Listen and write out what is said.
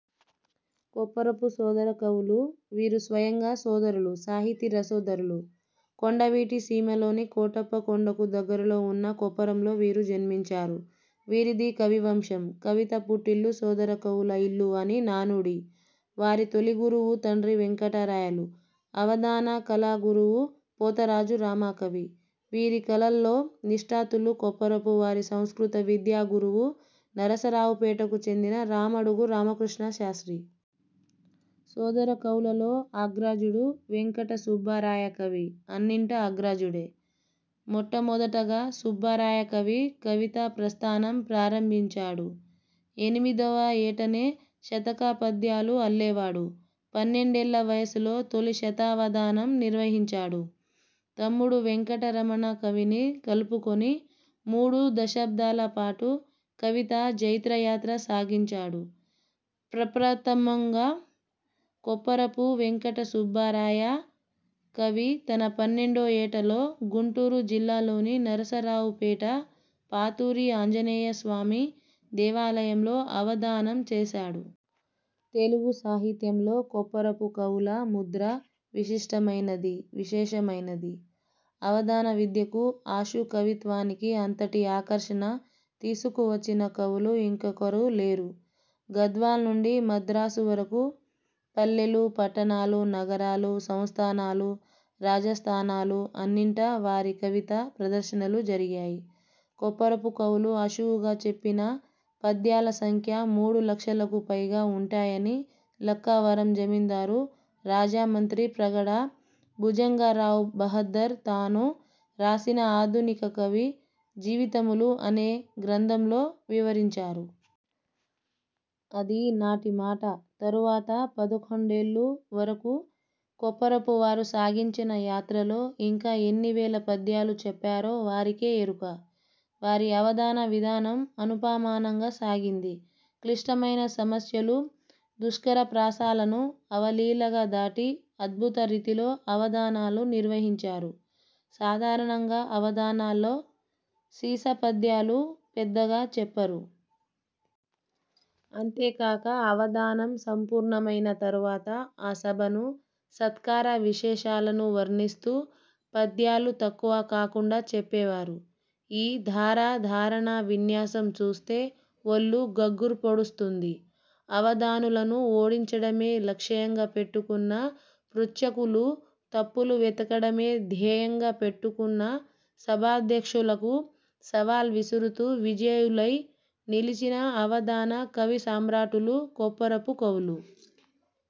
కొప్పరపు సోదరకవులు. వీరు స్వయంగా సోదరులు, సాహితీ రసోదరులు. కొండవీటి సీమలోని కోటప్పకొండకు దగ్గరలో ఉన్న కొప్పరంలో వీరు జన్మించారు. వీరిది కవివంశం. 'కవిత పుట్టిల్లు సోదరకవుల ఇల్లు' అని నానుడి. వారి తొలిగురువు తండ్రి వేంకటరాయలు – అవధాన కళాగురువు పోతరాజు రామకవి. వీరు కళల్లో నిష్ణాతులు – కొప్పరపు వారి సంస్కృత విద్యా గురువు నరసరావుపేటకు చెందిన రామడుగు రామకృష్ణశాస్ర్తి. సోదరకవులలో అగ్రజుడు వేంకటసుబ్బరాయకవి అన్నింటా అగ్రజుడే. మొట్టమొదటగా సుబ్బరాయకవి కవితా ప్రస్థానం ప్రారంభించాడు. ఎనిమిదవ ఏటనే శతకపద్యాలు అల్లేవాడు. పన్నెండేళ్ళ వయసులో తొలిశతావధానం నిర్వహించాడు. తమ్ముడు వేంకట రమణ కవిని కలుపుకొని మూడు దశాబ్దాల పాటు కవితా జైత్రయాత్ర సాగించాడు. ప్రప్రథమంగా కొప్పరపు వేంకటసుబ్బరాయ కవి తన పన్నెండో ఏట లో గుంటూరు జిల్లాలోని నరసరావుపేట పాతూరి ఆంజనేయస్వామి దేవాలయంలో అవధానం చేసాడు. తెలుగు సాహిత్యంలో కొప్పరపుకవుల ముద్ర విశిష్టమైనది, విశేషమైనది. అవధాన విద్యకు, ఆశుకవిత్వానికి అంతటి ఆకర్షణ తీసుకువచ్చిన కవులు ఇంకొకరు లేరు. గద్వాల్ నుండి మద్రాసు వరకు పల్లెలు, పట్టణాలు, నగరాలు, సంస్థానాలు, రాజాస్థానాలు అన్నింటా వారి కవితా ప్రదర్శనలు జరిగాయి. కొప్పరపు కవులు ఆశువుగా చెప్పిన పద్యాల సంఖ్య మూడు లక్షలకు పైగా వుంటాయని లక్కవరం జమిందారు రాజా మంత్రి ప్రగడ భుజంగరావ్ బహద్దర్ తాను రాసిన 'ఆధునిక కవి జీవితములు' అనే గ్రంథంలో వివరించారు. అది నాటి మాట. తరువాత పదకొండేళ్ళు వరకు కొప్పరపు వారు సాగించిన యాత్రలో ఇంకా ఎన్నివేల పద్యాలు చెప్పారో వారికే ఎరుక. వారి అవధాన విధానం అనుపమానంగా సాగింది. క్లిష్టమైన సమస్యలు, దుష్కరప్రాసలను అవలీలగా దాటి అద్భుత రీతిలో అవధానాలు నిర్వహించారు. సాధారణంగా అవధానాల్లో సీసపద్యాలు పెద్దగా చెప్పరు. అంతేకాక, అవధానం సంపూర్ణమైన తరువాత ఆ సభను, సత్కార విశేషాలను వర్ణిస్తూ పద్యాలు తక్కువ కాకుండా చెప్పేవారు. ఈ ధార, ధారణా విన్యాసం చూస్తే ఒళ్ళు గగుర్పొడుస్తుంది. అవధానులను ఓడించడమే లక్ష్యంగా పెట్టుకున్న పృచ్ఛకులు, తప్పులు వెతకడమే ధ్యేయంగా పెట్టుకున్న సభాధ్యక్షులకు సవాల్ విసురుతూ విజయులై నిలిచిన అవధాన కవిసమ్రాటులు కొప్పరపు కవులు.